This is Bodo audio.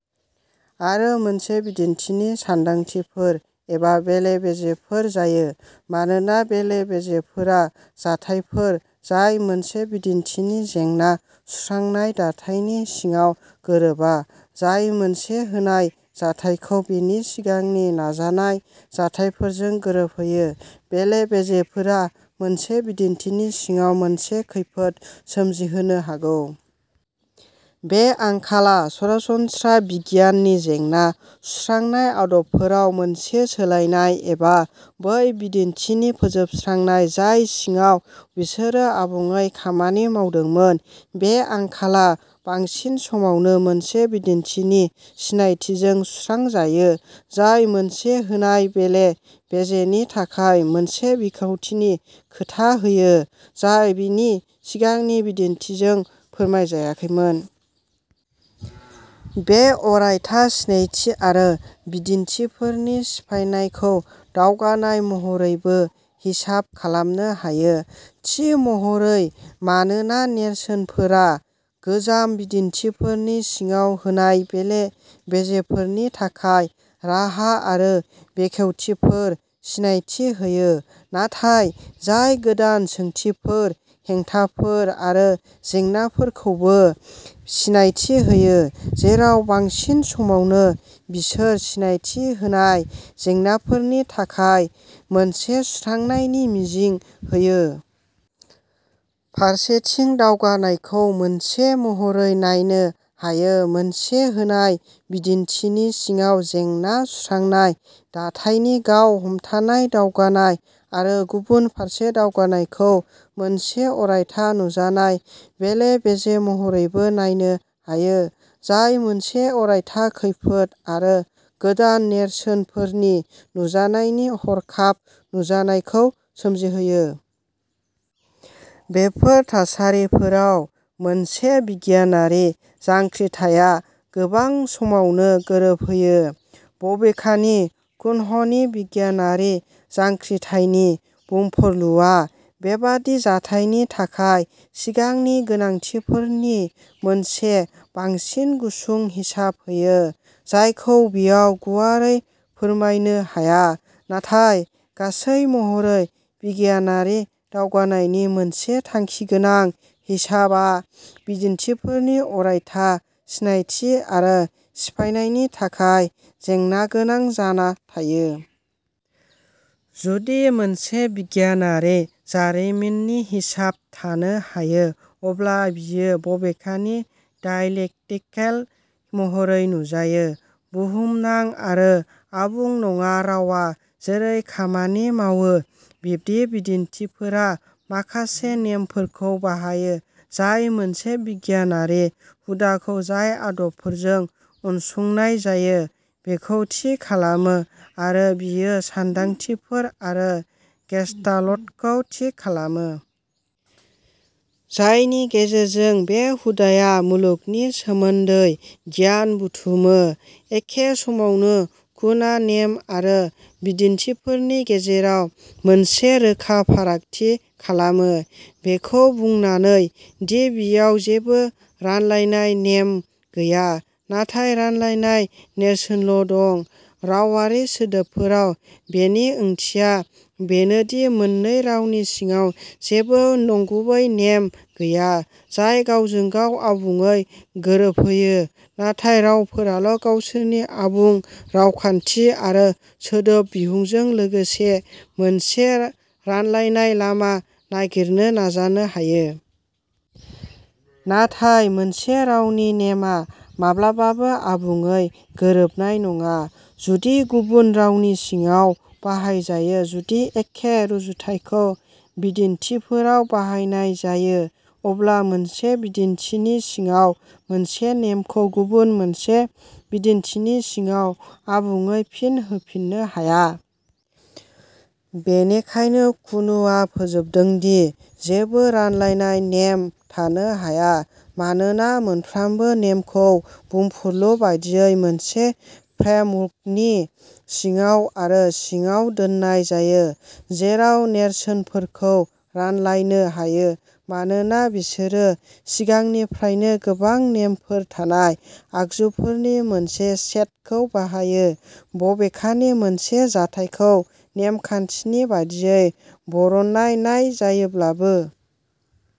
आरो मोनसे बिदिन्थिनि सान्दांथिफोर एबा बेले बेजेफोर जायो। मानोना बेले बेजेफोरा जाथायफोर जाय मोनसे बिदिन्थिनि जेंना सुस्रांनाय दाथायनि सिङाव गोरोबा। जाय मोनसे होनाय जाथायखौ बेनि सिगांनि नायजानाय जाथायफोरजों गोरोबहोयो। बेले बेजेफोरा मोनसे बिदिन्थिनि सिङाव मोनसे खैफोद सोमजिहोनो हागौ। बे आंखाला सरासनस्रा बिगियाननि जेंना सुस्रांनाय आदबफोराव मोनसे सोलायनाय एबा बै बिदिन्थिनि फोजोबस्रांनाय जाय सिङाव बिसोरो आबुङै खामानि मावदोंमोन। बे आंखाला बांसिन समावनो मोनसे बिदिन्थिनि सिनायथिजों सुस्रांजायो जाय मोनसे होनाय बेले बेजेनि थाखाय मोनसे बेखेवथिनि खोथा होयो जाय बेनि सिगांनि बिदिन्थिजों फोरमायजायाखैमोन। बे अरायथा सिनायथि आरो बिदिन्थिफोरनि सिफायनायखौ दावगानाय महरैबो हिसाब खालामनो हायो। थि महरै मानोना नेरसोनफोरा गोजाम बिदिन्थिफोरनि सिङाव होनाय बेले बेजेफोरनि थाखाय राहा आरो बेखेवथिफोर सिनायथि होयो। नाथाय जाय गोदान सोंथिफोर हेंथाफोर आरो जेंनाफोरखौबो सिनायथि होयो जेराव बांसिन समावनो बिसोर सिनायथि होनाय जेंनाफोरनि थाखाय मोनसे सुस्रांनायनि मिजिं होयो। फारसेथिं दावगानायखौ मोनसे महरै नायनो हायो मोनसे होनाय बिदिन्थिनि सिङाव जेंना सुस्रांनाय दाथायनि गाव हमथानाय दावगानाय आरो गुबुन फारसे दावगानायखौ मोनसे अरायथा नुजानाय बेले बेजे महरैबो नायनो हायो जाय मोनसे अरायथा खैफोद आरो गोदान नेरसोनफोरनि नुजानायनि हरखाब नुजानायखौ सोमजिहोयो। बेफोर थासारिफोराव मोनसे बिगियानारि जांख्रिथायआ गोबां समावनो गोरोबहैयो। बबेखानि कुह्ननि बिगियानारि जांख्रिथायनि बुंफुरलुआ बेबादि जाथायनि थाखाय सिगांनि गोनांथिफोरनि मोनसे बांसिन गुसुं हिसाब होयो। जायखौ बेयाव गुवारै फोरमायनो हाया। नाथाय गासै महरै बिगियानारि दावगानायनि मोनसे थांखिगोनां हिसाबआ बिदिन्थिफोरनि अरायथा सिनायथि आरो सिफायनायनि थाखाय जेंनागोनां जाना थायो। जुदि मोनसे बिगियानारि जारिमिननि हिसाब थानो हायो अब्ला बेयो बबेखानि डायलेक्टिकेल महरै नुजायो। बुहुमनां आरो आबुं नङा रावआ जेरै खामानि मावो बिदि बिदिन्थिफोरा माखासे नेमफोरखौ बाहायो जाय मोनसे बिगियानारि हुदाखौ जाय आदबफोरजों उनसंनाय जायो बेखौ थि खालामो आरो बेयो सान्दांथिफोर आरो गेसताल्टखौ थि खालामो। जायनि गेजेरजों बे हुदाया मुलुगनि सोमोन्दै गियान बुथुमो। एखे समावनो कुनआ नेम आरो बिदिन्थिफोरनि गेजेराव मोनसे रोखा फारागथि खालामो। बेखौ बुंनानै दि बेयाव जेबो रानलायनाय नेम गैया। नाथाय रानलायनाय नेरसोनल दं। रावारि सोदोबफोराव बेनि ओंथिया बेनो दि मोननै रावनि सिङाव जेबो नंगुबै नेम गैया जाय गावजों गाव आबुङै गोरोबहोयो नाथाय रावफोराल गावसोरनि आबुं रावखान्थि आरो सोदोब बिहुंजों लोगोसे मोनसे रानलायनाय लामा नागिरनो नाजानो हायो। नाथाय मोनसे रावनि नेमआ माब्लाबाबो आबुङै गोरोबनाय नङा जुदि गुबुन रावनि सिङाव बाहायजायो। जुदि एखे रुजुथायखौ बिदिन्थिफोराव बाहायनाय जायो अब्ला मोनसे बिदिन्थिनि सिङाव मोनसे नेमखौ गुबुन मोनसे बिदिन्थिनि सिङाव आबुङै फिन होफिननो हाया। बेनिखायनो कुनआ फोजोबदों दि जेबो रानलायनाय नेम थानो हाया। मानोना मोनफ्रोम नेमखौ बुंफुरलु बायदियै मोनसे फ्रेमवर्कनि सिङाव आरो सिङाव दोन्नाय जायो। जेराव नेरसोनफोरखौ रानलायनो हायो मानोना बिसोरो सिगांनिफ्रायनो गोबां नेमफोर थानाय आगजुफोरनि मोनसे सेटखौ बाहायो। बबेखानि मोनसे जाथायखौ नेमखान्थिनि बायदियै बरनायनाय जायोब्लाबो।